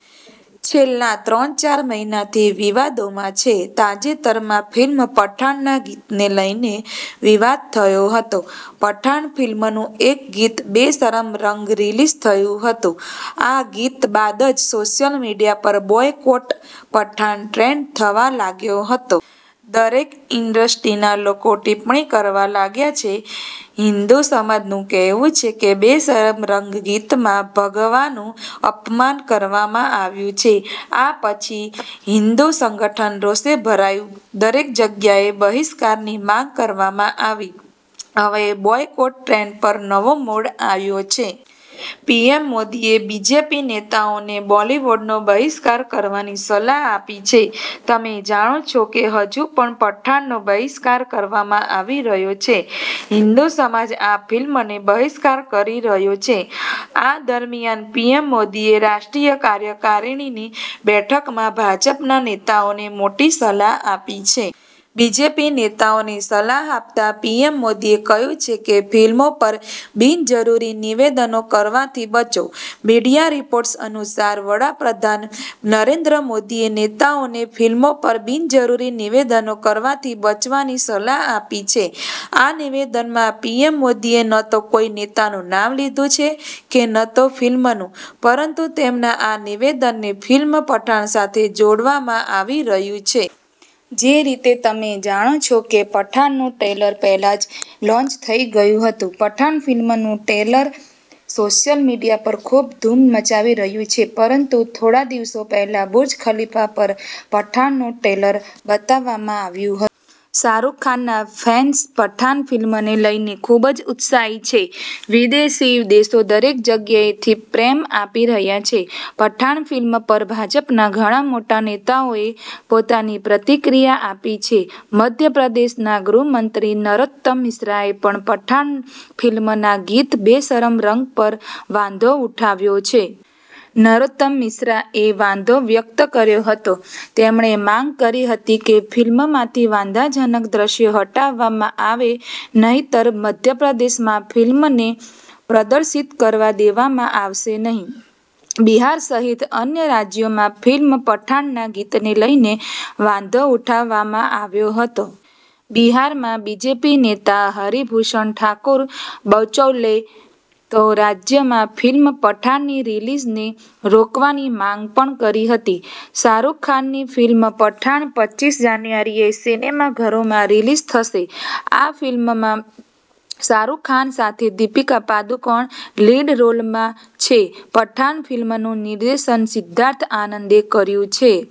છેલ્લા ત્રણ-ચાર મહિનાથી વિવાદોમાં છે. તાજેતરમાં ફિલ્મ પઠાણના ગીતને લઈને વિવાદ થયો હતો. પઠાણ ફિલ્મનું એક ગીત બેશરમ રંગ રિલીઝ થયું હતું, આ ગીત બાદ જ સોશિયલ મીડિયા પર બોયકોટ પઠાણ ટ્રેન્ડ થવા લાગ્યો હતો. દરેક ઈન્ડસ્ટ્રીના લોકો ટીપ્પણી કરવા લાગ્યા છે, હિન્દુ સમાજનું કહેવું છે કે બેશરમ રંગ ગીતમાં ભગવાનું અપમાન કરવામાં આવ્યું છે. આ પછી હિન્દુ સંગઠન રોષે ભરાયું, દરેક જગ્યાએ બહિષ્કારની માંગ કરવામાં આવી. હવે બોયકોટ ટ્રેન્ડ પર નવો મોડ આવ્યો છે. પીએમ મોદી એ બીજેપી નેતાઓને બોલીવુડનો બહિષ્કાર કરવાની સલાહ આપી છે. તમે જાણો છો કે હજુ પણ પઠાણનો બહિષ્કાર કરવામાં આવી રહ્યો છે. હિંદુ સમાજ આ ફિલ્મનો બહિષ્કાર કરી રહ્યો છે. આ દરમિયાન પીએમ મોદીએ રાષ્ટ્રીય કાર્યકારિણીની બેઠકમાં ભાજપના નેતાઓને મોટી સલાહ આપી છે. બીજેપી નેતાઓને સલાહ આપતા પીએમ મોદીએ કહ્યું છે કે ફિલ્મો પર બિનજરૂરી નિવેદનો કરવાથી બચો. મીડિયા રિપોર્ટ્સ અનુસાર વડાપ્રધાન નરેન્દ્ર મોદીએ નેતાઓને ફિલ્મો પર બિનજરૂરી નિવેદનો કરવાથી બચવાની સલાહ આપી છે. આ નિવેદનમાં પીએમ મોદીએ ન તો કોઈ નેતાનું નામ લીધું છે કે ન તો ફિલ્મનું, પરંતુ તેમના આ નિવેદનને ફિલ્મ પઠાણ સાથે જોડવામાં આવી રહ્યું છે. જે રીતે તમે જાણો છો કે પઠાણનું ટ્રેલર પહેલા જ લોન્ચ થઈ ગયું હતું. પઠાણ ફિલ્મનું ટ્રેલર સોશિયલ મીડિયા પર ખૂબ ધૂમ મચાવી રહ્યું છે. પરંતુ થોડા દિવસો પહેલા બુર્જ ખલીફા પર પઠાણનું ટ્રેલર બતાવવામાં આવ્યું હતું. શાહરૂખ ખાનના ફેન્સ પઠાણ ફિલ્મને લઈને ખૂબ જ ઉત્સાહિત છે. વિદેશી દેશો દરેક જગ્યાએથી પ્રેમ આપી રહ્યા છે. પઠાણ ફિલ્મ પર ભાજપના ઘણા મોટા નેતાઓએ પોતાની પ્રતિક્રિયા આપી છે. મધ્યપ્રદેશના ગૃહમંત્રી નરોત્તમ મિશ્રાએ પણ પઠાણ ફિલ્મના ગીત બેશરમ રંગ પર વાંધો ઉઠાવ્યો છે. નરોત્તમ મિશ્રા એ વાંધો વ્યક્ત કર્યો હતો. તેમણે માંગ કરી હતી કે ફિલ્મમાંથી વાંધાજનક દ્રશ્યો હટાવવામાં આવે નહીંતર મધ્યપ્રદેશમાં ફિલ્મને પ્રદર્શિત કરવા દેવામાં આવશે નહીં. બિહાર સહિત અન્ય રાજ્યોમાં ફિલ્મ પઠાણના ગીતને લઈને વાંધો ઉઠાવવામાં આવ્યો હતો. બિહારમાં બીજેપી નેતા હરિ ભૂષણ ઠાકુર બચૌલે તો રાજ્યમાં ફિલ્મ પઠાણની રિલીઝને રોકવાની માંગ પણ કરી હતી. શાહરૂખ ખાનની ફિલ્મ પઠાણ પચીસ જાન્યુઆરીએ સિનેમાઘરોમાં રિલીઝ થશે. આ ફિલ્મમાં શાહરૂખ ખાન સાથે દીપિકા પાદુકોણ લીડ રોલમાં છે. પઠાણ ફિલ્મનું નિર્દેશન સિદ્ધાર્થ આનંદે કર્યું છે.